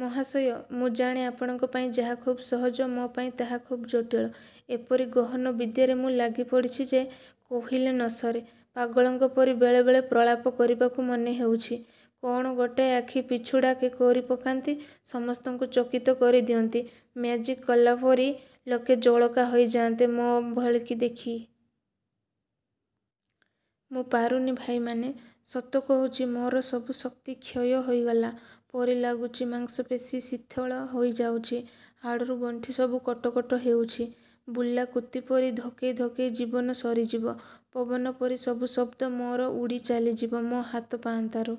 ମହାଶୟ, ମୁଁ ଜାଣେ, ଆପଣଙ୍କ ପାଇଁ ଯାହା ଖୁବ୍ ସହଜ ମୋ'ପାଇଁ ତାହା ଖୁବ୍ ଜଟିଳ। ଏପରି ଗହନ ବିଦ୍ୟାରେ ମୁଁ ଲାଗି ପଡ଼ିଛି ଯେ କହିଲେ ନସରେ। ପାଗଳଙ୍କ ପରି ବେଳେବେଳେ ପ୍ରଳାପ କରିବାକୁ ମନେହେଉଛି। କ'ଣ ଗୋଟାଏ ଆଖି ପିଛୁଡ଼ାକେ କରି ପକାନ୍ତି ସମସ୍ତଙ୍କୁ ଚକିତ କରାଇ ଦିଅନ୍ତି ମ୍ୟାଜିକ୍ବାଲା ପରି, ଲୋକେ ଜଳକା ହୋଇଯାଆନ୍ତେ ମୋ ଭେଳିକି ଦେଖି। ମୁଁ ପାରୁନି ଭାଇମାନେ। ସତ କହୁଛି, ମୋର ସବୁ ଶକ୍ତି କ୍ଷୟ ହୋଇଗଲା ପରି ଲାଗୁଛି। ମାଂସପେଶୀ ଶିଥିଳ ହୋଇଯାଉଛି। ହାଡ଼ର ଗଣ୍ଠିସବୁ କଟ କଟ ହେଉଛି। ବୁଲା କୁତିପରି ଧକେଇ ଧକେଇ ଜୀବନ ସରିଯିବ? ପବନ ପରି ସବୁ ଶବ୍ଦ ମୋର ଉଡ଼ି ଚାଲିଯିବ ମୋ ହାତ ପାଆନ୍ତାରୁ?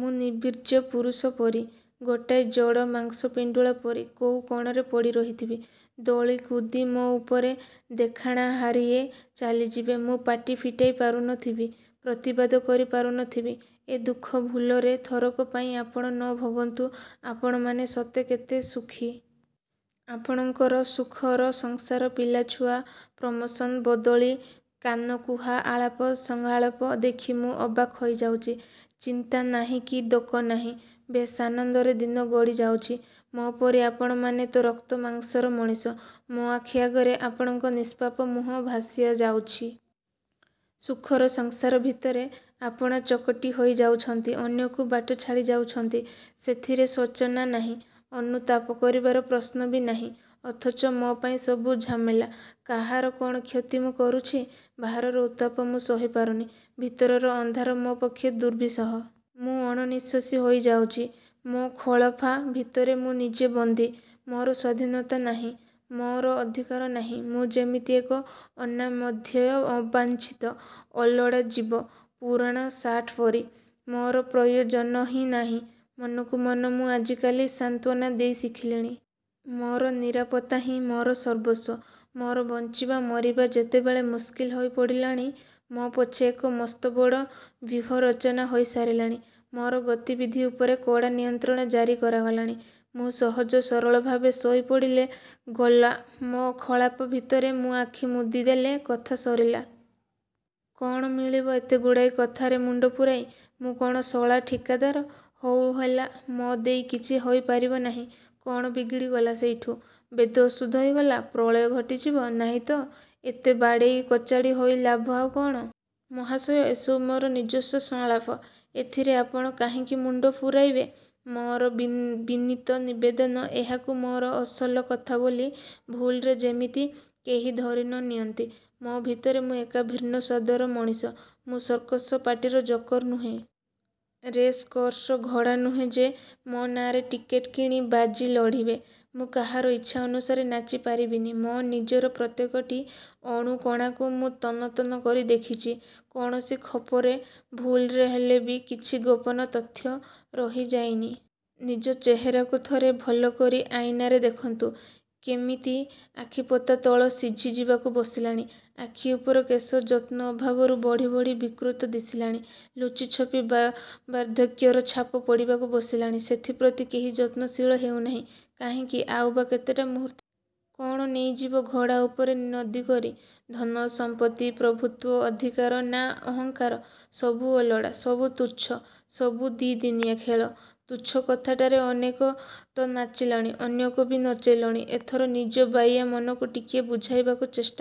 ମୁଁ ନିବୀର୍ଯ୍ୟ ପୁରୁଷପରି, ଗୋଟାଏ ଜଡ଼ ମାଂସ ପିଣ୍ଡୁଳାପରି କୋଉ କୋଣରେ ପଡ଼ି ରହିଥିବି। ଦଳିକୁଦି ମୋ ଉପରେ ଦେଖାଣାହାରିଏ ଚାଲିଯିବେ। ମୁଁ ପାଟି ଫିଟେଇ ପାରୁନଥିବି। ପ୍ରତିବାଦ କରି ପାରୁନଥିବି। ଏ ଦୁଃଖ ଭୁଲରେ ଥରକ ପାଇଁ ଆପଣ ନ ଭୋଗନ୍ତୁ। ଆପଣମାନେ ସତେ କେତେସୁଖୀ! ଆପଣଙ୍କର ସୁଖର ସଂସାର, ପିଲାଛୁଆ, ପ୍ରମୋସନ୍, ବଦଳି, କାନକୁହା ଆଳାପ ସଂଳାପ ଦେଖି ମୁଁ ଅବାକ୍ ହୋଇଯାଉଛି। ଚିନ୍ତା ନାହିଁ କି ଦକ ନାହିଁ। ବେଶ୍ ଆନନ୍ଦରେ ଦିନ ଗଡ଼ିଯାଉଛି। ମୋ ପରି ଆପଣମାନେ ତ ରକ୍ତମାଂସର ମଣିଷ। ମୋ ଆଖି ଆଗରେ ଆପଣଙ୍କ ନିଷ୍ପାପ ମୁହିଁ ଭାଷି ଯାଉଛି। ସୁଖର ସଂସାର ଭିତରେ ଆପଣ ଚକଟିହୋଇ ଯାଉଛନ୍ତି। ଅନ୍ୟକୁ ବାଟ ଛାଡ଼ି ଯାଉଛନ୍ତି। ସେଥିରେ ଶୋଚନା ନାହିଁ। ଅନୁତାପ କରିବାର ପ୍ରଶ୍ନ ବି ନାହିଁ। ଅଥଚ ମୋ'ପାଇଁ ସବୁ ଝାମେଲା। କାହାର କ'ଣ କ୍ଷତି ମୁଁ କରୁଛି? ବାହାରର ଉତ୍ତାପ ମୁଁ ସହି ପାରୁନି। ଭିତରର ଅନ୍ଧାର ମୋ ପକ୍ଷେ ଦୁର୍ବିସହ। ମୁଁ ଅଣନିଃଶ୍ୱାସୀ ହୋଇଯାଉଛି। ମୋ ଖୋଳପା ଭିତରେ ମୁଁ ନିଜେ ବନ୍ଦୀ। ମୋର ସ୍ୱାଧୀନତା ନାହିଁ। ମୋର ଅଧିକାର ନାହିଁ। ମୁଁ ଯେମିତି ଏକ ଅନାମଧ୍ୟେୟ, ଅବାଞ୍ଛିତ, ଅଲୋଡ଼ାଜୀବ। ପୁରୁଣା ସାର୍ଟପରି ମୋର ପ୍ରୟୋଜନହିଁ ନାହିଁ। ମନକୁ ମନ ମୁଁ ଆଜିକାଲି ସାନ୍ତ୍ୱନା ଦେଇ ଶିଖିଲିଣି। ମୋର ନିରାପତ୍ତାହିଁ ମୋର ସର୍ବସ୍ୱ। ମୋର ବଞ୍ଚିବା ମରିବା ଯେତେବେଳେ ମୁସ୍କିଲ ହୋଇପଡ଼ିଲାଣି, ମୋ ପଛରେ ଏକ ମସ୍ତବଡ଼ ବ୍ୟୂହ ରଚନା ହୋଇ ସାରିଲାଣି, ମୋର ଗତିବିଧି ଉପରେ କଡ଼ା ନିୟନ୍ତ୍ରଣ ଜାରି କରାଗଲାଣି। ମୁଁ ସହଜ ସରଳ ଭାବେ ଶୋଇ ପଡ଼ିଲେ ଗଲା! ମୋ ଖୋଳପା ଭିତରେ ମୁଁ ଆଖି ମୁଦିଦେଲେ କଥା ସରିଲା। କ'ଣ ମିଳିବ ଏତେଗୁଡ଼ାଏ କଥାରେ ମୁଣ୍ତ ପୂରେଇ। ମୁଁ କ'ଣ ଶଳା ଠିକାଦାର! ହଉ ହେଲା ମୋ ଦେଇ କିଛି ହୋଇପାରିବ ନାହିଁ। କ'ଣ ବିଗିଡ଼ିଗଲା ସେଇଠୁ। ବେଦ ଅଶୁଦ୍ଧ ହୋଇଗଲା। ପ୍ରଳୟ ଘୋଟିଯିବ ନାହିଁତ! ଏବେ ବାଡ଼େଇ କଚାଡ଼ି ହୋଇ ଲାଭ ଆଉ କ'ଣ? ''ମହାଶୟ! ଏସବୁ ମୋ ନିଜସ୍ୱ ସଂଳାପ! ଏଥିରେ ଆପଣ କାହିଁକି ମୁଣ୍ତ ପୂରାଇବେ। ମୋର ବିନୀତ ନିବେଦନ, ଏହାକୁ ମୋର ଅସଲ କଥା ବୋଲି ଭୁଲରେ ଯେମିତି କେହି ଧରି ନ ନିଅନ୍ତି। ମୋ ଭିତରେ ମୁଁ ଏକ ଭିନ୍ନ ସ୍ୱାଦର ମଣିଷ। ମୁଁ ସର୍କସ ପାଟିର ଜୋକର ନୁହେଁ। ରେସ୍ କୋର୍ସର ଘୋଡ଼ା ନୁହେଁ ଯେ ମୋ ନାଆଁରେ ଟିକେଟ କିଣି ବାଜି ଲଢ଼ିବେ! ମୁଁ କାହାରି ଇଚ୍ଛା ଅନୁସାରେ ନାଚି ପାରିବିନି। ମୋ ନିଜର ପ୍ରତ୍ୟେକଟି ଅଣୁକଣାକୁ ମୁଁ ତନ୍ନ ତନ୍ନ କରି ଦେଖିଛି। କୌଣସି ଖୋପରେ ଭୁଲରେ ହେଲେବି କିଛି ଗୋପନ ତଥ୍ୟ ରହି ଯାଇନି। ନିଜ ଚେହେରାକୁ ଥରେ ଭଲକରି ଆଇନାରେ ଦେଖନ୍ତୁ। କେମିତି ଆଖିପତା ତଳ ଶିଝି ଯିବାକୁ ବସିଲାଣି। ଆଖି ଉପର କେଶ ଯତ୍ନ ଅଭାବରୁ ବଢ଼ି ବଢ଼ି ବିକୃତ ଦିଶିଲାଣି। ଲୁଚିଛପି ବାର୍ଦ୍ଧକ୍ୟର ଛାପ ପଡ଼ିବାକୁ ବସିଲାଣି। ସେଥିପ୍ରତି କେହି ଯତ୍ନଶୀଳ ହେଉନାହିଁ କାହିଁକି? ଆଉ ବା କେତେଟା ମୁହୂର୍ତ୍ତ ବାକି? କ'ଣ ନେଇଯିବ ଘୋଡ଼ା ଉପରେ ନଦି କରି! ଧନସମ୍ପତ୍ତି, ପ୍ରଭୁତ୍ୱ, ଅଧିକାର ନାଁ ଅହଂକାର! ସବୁ ଅଲୋଡ଼ା, ସବୁ ତୁଚ୍ଛ। ସବୁ ଦି'ଦିନିଆ ଖେଳ। ତୁଚ୍ଛା କଥାଟାରେ ଅନେକତ ନାଚିଲଣି। ଅନ୍ୟକୁ ବି ନଚେଇଲଣି। ଏଥର ନିଜ ବାଇଆ ମନକୁ ଟିକିଏ ବୁଝେଇବାକୁ ଚେଷ୍ଟା କର।